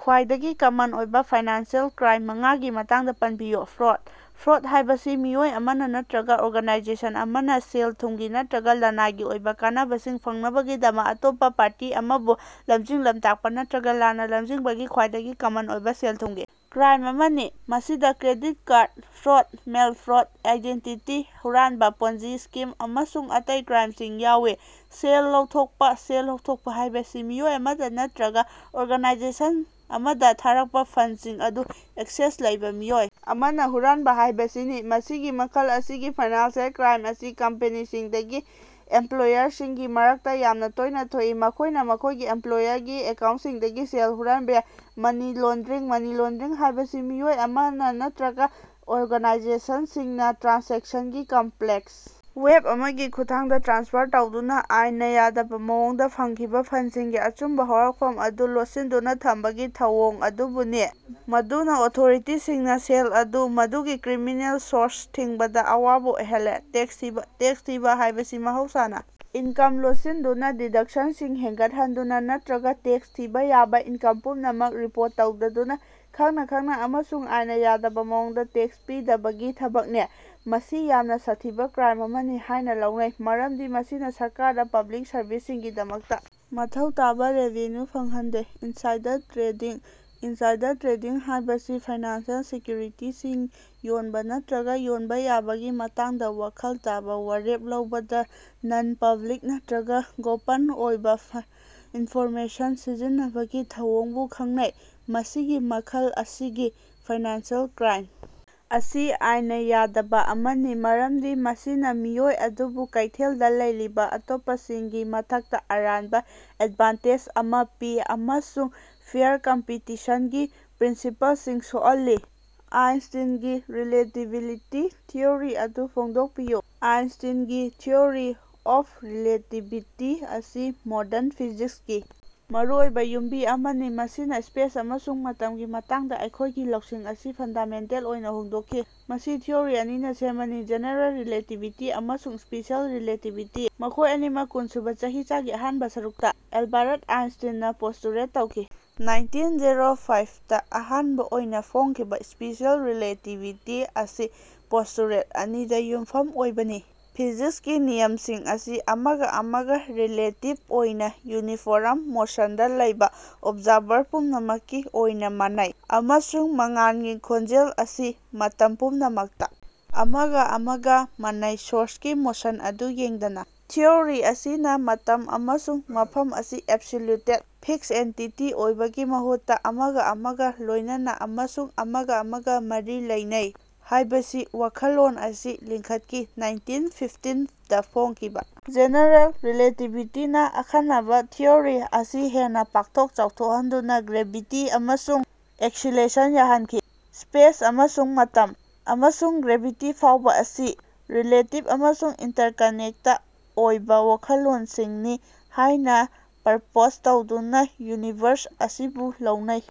ꯈ꯭ꯋꯥꯏꯗꯒꯤ ꯀꯃꯟ ꯑꯣꯏꯕ financial crime ꯃꯉꯥꯒꯤ ꯃꯇꯥꯡꯗ ꯄꯟꯕꯤꯌꯨ꯫ ꯐ꯭ꯔꯣꯗ: ꯐ꯭ꯔꯣꯗ ꯍꯥꯏꯕꯁꯤ ꯃꯤꯑꯣꯏ ꯑꯃꯅ ꯅꯠꯇ꯭ꯔꯒ ꯑꯣꯔꯒꯥꯅꯥꯏꯖꯦꯁꯟ ꯑꯃꯅ ꯁꯦꯜ-ꯊꯨꯝꯒꯤ ꯅꯠꯇ꯭ꯔꯒ ꯂꯅꯥꯏꯒꯤ ꯑꯣꯏꯕ ꯀꯥꯟꯅꯕꯁꯤꯡ ꯐꯪꯅꯕꯒꯤꯗꯃꯛ ꯑꯇꯣꯞꯄ ꯄꯥꯔꯇꯤ ꯑꯃꯕꯨ ꯂꯝꯖꯤꯡ-ꯂꯝꯇꯥꯛꯄ ꯅꯠꯇ꯭ꯔꯒ ꯂꯥꯟꯅ ꯂꯝꯖꯤꯡꯕꯒꯤ ꯈ꯭ꯋꯥꯏꯗꯒꯤ ꯀꯃꯟ ꯑꯣꯏꯕ ꯁꯦꯜ-ꯊꯨꯝꯒꯤ ꯀ꯭ꯔꯥꯏꯝ ꯑꯃꯅꯤ꯫ ꯃꯁꯤꯗ credit card fraud, mail fraud, identity ꯍꯨꯔꯥꯟꯕ, ꯄꯣꯟꯖꯤ ꯁ꯭ꯀꯤꯝ ꯑꯃꯁꯨꯡ ꯑꯇꯩ ꯀ꯭ꯔꯥꯏꯝꯁꯤꯡ ꯌꯥꯎꯏ꯫ ꯁꯦꯜ ꯂꯧꯊꯣꯛꯄ: ꯁꯦꯜ ꯂꯧꯊꯣꯛꯄ ꯍꯥꯏꯕꯁꯤ ꯃꯤꯑꯣꯏ ꯑꯃꯗ ꯅꯠꯇ꯭ꯔꯒ ꯑꯣꯔꯒꯥꯅꯥꯏꯖꯦꯁꯟ ꯑꯃꯗ ꯊꯥꯔꯛꯄ ꯐꯟꯗꯁꯤꯡ ꯑꯗꯨ ꯑꯦꯛꯁꯦꯁ ꯂꯩꯕ ꯃꯤꯑꯣꯏ ꯑꯃꯅ ꯍꯨꯔꯥꯟꯕ ꯍꯥꯏꯕꯁꯤꯅꯤ꯫ ꯃꯁꯤꯒꯤ ꯃꯈꯜ ꯑꯁꯤꯒꯤ ꯐꯥꯏꯅꯥꯟꯁꯤꯑꯦꯜ ꯀ꯭ꯔꯥꯏꯝ ꯑꯁꯤ ꯀꯝꯄꯅꯤꯁꯤꯡꯒꯤ ꯏꯝꯄ꯭ꯂꯣꯌꯔꯁꯤꯡꯒꯤ ꯃꯔꯛꯇ ꯌꯥꯝꯅ ꯇꯣꯏꯅ ꯊꯣꯛꯏ, ꯃꯈꯣꯏꯅ ꯃꯈꯣꯏꯒꯤ ꯏꯝꯄ꯭ꯂꯣꯌꯔꯒꯤ ꯑꯦꯀꯥꯎꯟꯇꯁꯤꯡꯗꯒꯤ ꯁꯦꯜ ꯍꯨꯔꯥꯟꯕ ꯌꯥꯏ꯫ ꯃꯅꯤ ꯂꯣꯟꯗꯔꯤꯡ: ꯃꯅꯤ ꯂꯣꯟꯗꯔꯤꯡ ꯍꯥꯏꯕꯁꯤ ꯃꯤꯑꯣꯏ ꯑꯃꯅ ꯅꯠꯇ꯭ꯔꯒ ꯑꯣꯔꯒꯥꯅꯥꯏꯖꯦꯁꯟꯁꯤꯡꯅ ꯇ꯭ꯔꯥꯟꯁꯦꯛꯁꯟꯒꯤ ꯀꯝꯄ꯭ꯂꯦꯛꯁ ꯋꯦꯕ ꯑꯃꯒꯤ ꯈꯨꯠꯊꯥꯡꯗ ꯇ꯭ꯔꯥꯟꯁꯐꯔ ꯇꯧꯗꯨꯅ ꯑꯥꯏꯟꯅ ꯌꯥꯗꯕ ꯃꯑꯣꯡꯗ ꯐꯪꯈꯤꯕ ꯐꯟꯗꯁꯤꯡꯒꯤ ꯑꯆꯨꯝꯕ ꯍꯧꯔꯛꯐꯝ ꯑꯗꯨ ꯂꯣꯠꯁꯤꯟꯗꯨꯅ ꯊꯝꯕꯒꯤ ꯊꯧꯑꯣꯡ ꯑꯗꯨꯕꯨꯅꯤ, ꯃꯗꯨꯅ ꯑꯣꯊꯣꯔꯤꯇꯤꯁꯤꯡꯅ ꯁꯦꯜ ꯑꯗꯨ ꯃꯗꯨꯒꯤ ꯀ꯭ꯔꯤꯃꯤꯅꯦꯜ ꯁꯣꯔꯁꯇ ꯊꯤꯡꯕꯗ ꯑꯋꯥꯕ ꯑꯣꯏꯍꯜꯂꯦ꯫ ꯇꯦꯛꯁ ꯊꯤꯕ: ꯇꯦꯛꯁ ꯊꯤꯕ ꯍꯥꯏꯕꯁꯤ ꯃꯍꯧꯁꯥꯅ ꯏꯟꯀꯝ ꯂꯣꯠꯁꯤꯟꯗꯨꯅ, ꯗꯤꯗꯛꯁꯟꯁꯤꯡ ꯍꯦꯟꯒꯠꯍꯟꯗꯨꯅ ꯅꯠꯇ꯭ꯔꯒ ꯇꯦꯛꯁ ꯊꯤꯕ ꯌꯥꯕ ꯏꯟꯀꯝ ꯄꯨꯝꯅꯃꯛ ꯔꯤꯄꯣꯔꯠ ꯇꯧꯗꯗꯨꯅ, ꯈꯪꯅ ꯈꯪꯅ ꯑꯃꯁꯨꯡ ꯑꯥꯏꯟꯅ ꯌꯥꯗꯕ ꯃꯑꯣꯡꯗ ꯇꯦꯛꯁ ꯄꯤꯗꯕꯒꯤ ꯊꯕꯛꯅꯤ꯫ ꯃꯁꯤ ꯌꯥꯝꯅ ꯁꯥꯊꯤꯕ ꯀ꯭ꯔꯥꯏꯝ ꯑꯃꯅꯤ ꯍꯥꯏꯅ ꯂꯧꯅꯩ, ꯃꯔꯝꯗꯤ ꯃꯁꯤꯅ ꯁꯔꯀꯥꯔꯗ ꯄꯕ꯭ꯂꯤꯛ ꯁꯔꯚꯤꯁꯁꯤꯡꯒꯤꯗꯃꯛꯇ ꯃꯊꯧ ꯇꯥꯕ ꯔꯦꯚꯤꯅ꯭ꯌꯨ ꯐꯪꯍꯟꯗꯦ꯫ ꯏꯟꯁꯥꯏꯗꯔ ꯇ꯭ꯔꯦꯗꯤꯡ: ꯏꯟꯁꯥꯏꯗꯔ ꯇ꯭ꯔꯦꯗꯤꯡ ꯍꯥꯏꯕꯁꯤ ꯐꯥꯏꯅꯥꯟꯁꯤꯑꯦꯜ ꯁꯦꯀ꯭ꯌꯨꯔꯤꯇꯤꯁꯤꯡ ꯌꯣꯟꯕ ꯅꯠꯇ꯭ꯔꯒ ꯌꯣꯟꯕ ꯌꯥꯕꯒꯤ ꯃꯇꯥꯡꯗ ꯋꯥꯈꯜ ꯇꯥꯕ ꯋꯥꯔꯦꯞ ꯂꯧꯕꯗ ꯅꯟ-ꯄꯕ꯭ꯂꯤꯛ ꯅꯠꯇ꯭ꯔꯒ ꯒꯣꯄꯟ ꯑꯣꯏꯕ ꯏꯟꯐꯣꯔꯃꯦꯁꯟ ꯁꯤꯖꯤꯟꯅꯕꯒꯤ ꯊꯧꯑꯣꯡꯕꯨ ꯈꯪꯅꯩ꯫ ꯃꯁꯤꯒꯤ ꯃꯈꯜ ꯑꯁꯤꯒꯤ ꯐꯥꯏꯅꯥꯟꯁꯤꯑꯦꯜ ꯀ꯭ꯔꯥꯏꯝ ꯑꯁꯤ ꯑꯥꯏꯟꯅ ꯌꯥꯗꯕ ꯑꯃꯅꯤ ꯃꯔꯝꯗꯤ ꯃꯁꯤꯅ ꯃꯤꯑꯣꯏ ꯑꯗꯨꯕꯨ ꯀꯩꯊꯦꯜꯗꯥ ꯂꯩꯔꯤꯕ ꯑꯇꯣꯞꯄꯁꯤꯡꯒꯤ ꯃꯊꯛꯇ ꯑꯔꯥꯟꯕ ꯑꯦꯗꯚꯥꯟꯇꯦꯖ ꯑꯃ ꯄꯤ ꯑꯃꯁꯨꯡ ꯐꯦꯌꯔ ꯀꯝꯄꯤꯇꯤꯁꯟꯒꯤ ꯄ꯭ꯔꯤꯟꯁꯤꯄꯜꯁꯤꯡ ꯁꯣꯛꯍꯜꯂꯤ꯫ ꯑꯥꯏꯟꯁꯇꯤꯟꯒꯤ ꯔꯤꯂꯦꯇꯤꯕꯤꯂꯤꯇꯤ ꯊꯤꯑꯣꯔꯤ ꯑꯗꯨ ꯐꯣꯡꯗꯣꯛꯄꯤꯌꯨ꯫ ꯑꯥꯏꯟꯁꯇꯤꯟꯒꯤ ꯊꯤꯑꯣꯔꯤ ꯑꯣꯐ ꯔꯤꯂꯦꯇꯤꯕꯤꯇꯤ ꯑꯁꯤ ꯃꯣꯗꯔꯟ ꯐꯤꯖꯤꯛꯁꯀꯤ ꯃꯔꯨꯑꯣꯏꯕ ꯌꯨꯝꯕꯤ ꯑꯃꯅꯤ, ꯃꯁꯤꯅ ꯁ꯭ꯄꯦꯁ ꯑꯃꯁꯨꯡ ꯃꯇꯝꯒꯤ ꯃꯇꯥꯡꯗ ꯑꯩꯈꯣꯏꯒꯤ ꯂꯧꯁꯤꯡ ꯑꯁꯤ ꯐꯟꯗꯥꯃꯦꯟꯇꯦꯜ ꯑꯣꯏꯅ ꯍꯣꯡꯗꯣꯛꯈꯤ꯫ ꯃꯁꯤ ꯊꯤꯑꯣꯔꯤ ꯑꯅꯤꯅ ꯁꯦꯝꯕꯅꯤ: ꯖꯦꯅꯦꯔꯦꯜ ꯔꯤꯂꯦꯇꯤꯕꯤꯇꯤ ꯑꯃꯁꯨꯡ ꯁ꯭ꯄꯦꯁꯤꯑꯦꯜ ꯔꯤꯂꯦꯇꯤꯕꯤꯇꯤ, ꯃꯈꯣꯏ ꯑꯅꯤꯃꯛ ꯀꯨꯟꯁꯨꯕ ꯆꯍꯤꯆꯥꯒꯤ ꯑꯍꯥꯟꯕ ꯁꯔꯨꯛꯇ ꯑꯦꯜꯕꯥꯔꯠ ꯑꯥꯏꯟꯁꯇꯤꯟꯅ ꯄꯣꯁꯇꯨꯂꯦꯠ ꯇꯧꯈꯤ꯫ ꯅꯥꯏꯟꯇꯤꯟ ꯖꯦꯔꯣ ꯐꯥꯏꯞꯗꯥ ꯑꯍꯥꯟꯕ ꯑꯣꯏꯅ ꯐꯣꯡꯈꯤꯕ ꯁ꯭ꯄꯦꯁꯤꯑꯦꯜ ꯔꯤꯂꯦꯇꯤꯕꯤꯇꯤ ꯑꯁꯤ ꯄꯣꯁꯇꯨꯂꯦꯠ ꯑꯅꯤꯗ ꯌꯨꯝꯐꯝ ꯑꯣꯏꯕꯅꯤ: ꯐꯤꯖꯤꯛꯁꯀꯤ ꯅꯤꯌꯝꯁꯤꯡ ꯑꯁꯤ ꯑꯃꯒ ꯑꯃꯒ ꯔꯤꯂꯦꯇꯤꯕ ꯑꯣꯏꯅ ꯌꯨꯅꯤꯐꯣꯔꯝ ꯃꯣꯁꯟꯗ ꯂꯩꯕ ꯑꯣꯕꯖꯥꯔꯚꯔ ꯄꯨꯝꯅꯃꯛꯀꯤ ꯑꯣꯏꯅ ꯃꯥꯟꯅꯩ, ꯑꯃꯁꯨꯡ ꯃꯉꯥꯜꯒꯤ ꯈꯣꯡꯖꯦꯜ ꯑꯁꯤ ꯃꯇꯝ ꯄꯨꯝꯅꯃꯛꯇ ꯑꯃꯒ ꯑꯃꯒ ꯃꯥꯟꯅꯩ, ꯁꯣꯔꯁꯀꯤ ꯃꯣꯁꯟ ꯑꯗꯨ ꯌꯦꯡꯗꯅ꯫ ꯊꯤꯑꯣꯔꯤ ꯑꯁꯤꯅ ꯃꯇꯝ ꯑꯃꯁꯨꯡ ꯃꯐꯝ ꯑꯁꯤ ꯑꯦꯕꯁꯣꯂ꯭ꯌꯨꯇꯦꯗ, ꯐꯤꯛꯁ ꯑꯦꯟꯇꯤꯇꯤ ꯑꯣꯏꯕꯒꯤ ꯃꯍꯨꯠꯇ ꯑꯃꯒ ꯑꯃꯒ ꯂꯣꯏꯅꯅ ꯑꯃꯁꯨꯡ ꯑꯃꯒ ꯑꯃꯒ ꯃꯔꯤ ꯂꯩꯅꯩ ꯍꯥꯏꯕꯁꯤ ꯋꯥꯈꯜꯂꯣꯟ ꯑꯁꯤ ꯂꯤꯡꯈꯠꯈꯤ꯫ ꯅꯥꯏꯟꯇꯤꯟ ꯐꯤꯐꯇꯤꯟꯗ ꯐꯣꯡꯈꯤꯕ ꯖꯦꯅꯦꯔꯦꯜ ꯔꯤꯂꯦꯇꯤꯕꯤꯇꯤꯅ ꯑꯈꯟꯅꯕ ꯊꯤꯑꯣꯔꯤ ꯑꯁꯤ ꯍꯦꯟꯅ ꯄꯥꯛꯊꯣꯛ ꯆꯥꯎꯊꯣꯛꯍꯟꯗꯨꯅ ꯒ꯭ꯔꯦꯚꯤꯇꯤ ꯑꯃꯁꯨꯡ ꯑꯦꯛꯁꯤꯂꯦꯁꯟ ꯌꯥꯍꯟꯈꯤ꯫ ꯁ꯭ꯄꯦꯁ ꯑꯃꯁꯨꯡ ꯃꯇꯝ, ꯑꯃꯁꯨꯡ ꯒ꯭ꯔꯦꯚꯤꯇꯤ ꯐꯥꯎꯕ ꯑꯁꯤ ꯔꯤꯂꯦꯇꯤꯕ ꯑꯃꯁꯨꯡ ꯏꯟꯇꯔꯀꯅꯦꯛꯇ ꯑꯣꯏꯕ ꯋꯥꯈꯜꯂꯣꯟꯁꯤꯡꯅꯤ ꯍꯥꯏꯅ ꯄ꯭ꯔꯄꯣꯖ ꯇꯧꯗꯨꯅ ꯌꯨꯅꯤꯚꯔꯁ ꯑꯁꯤꯕꯨ ꯂꯧꯅꯩ꯫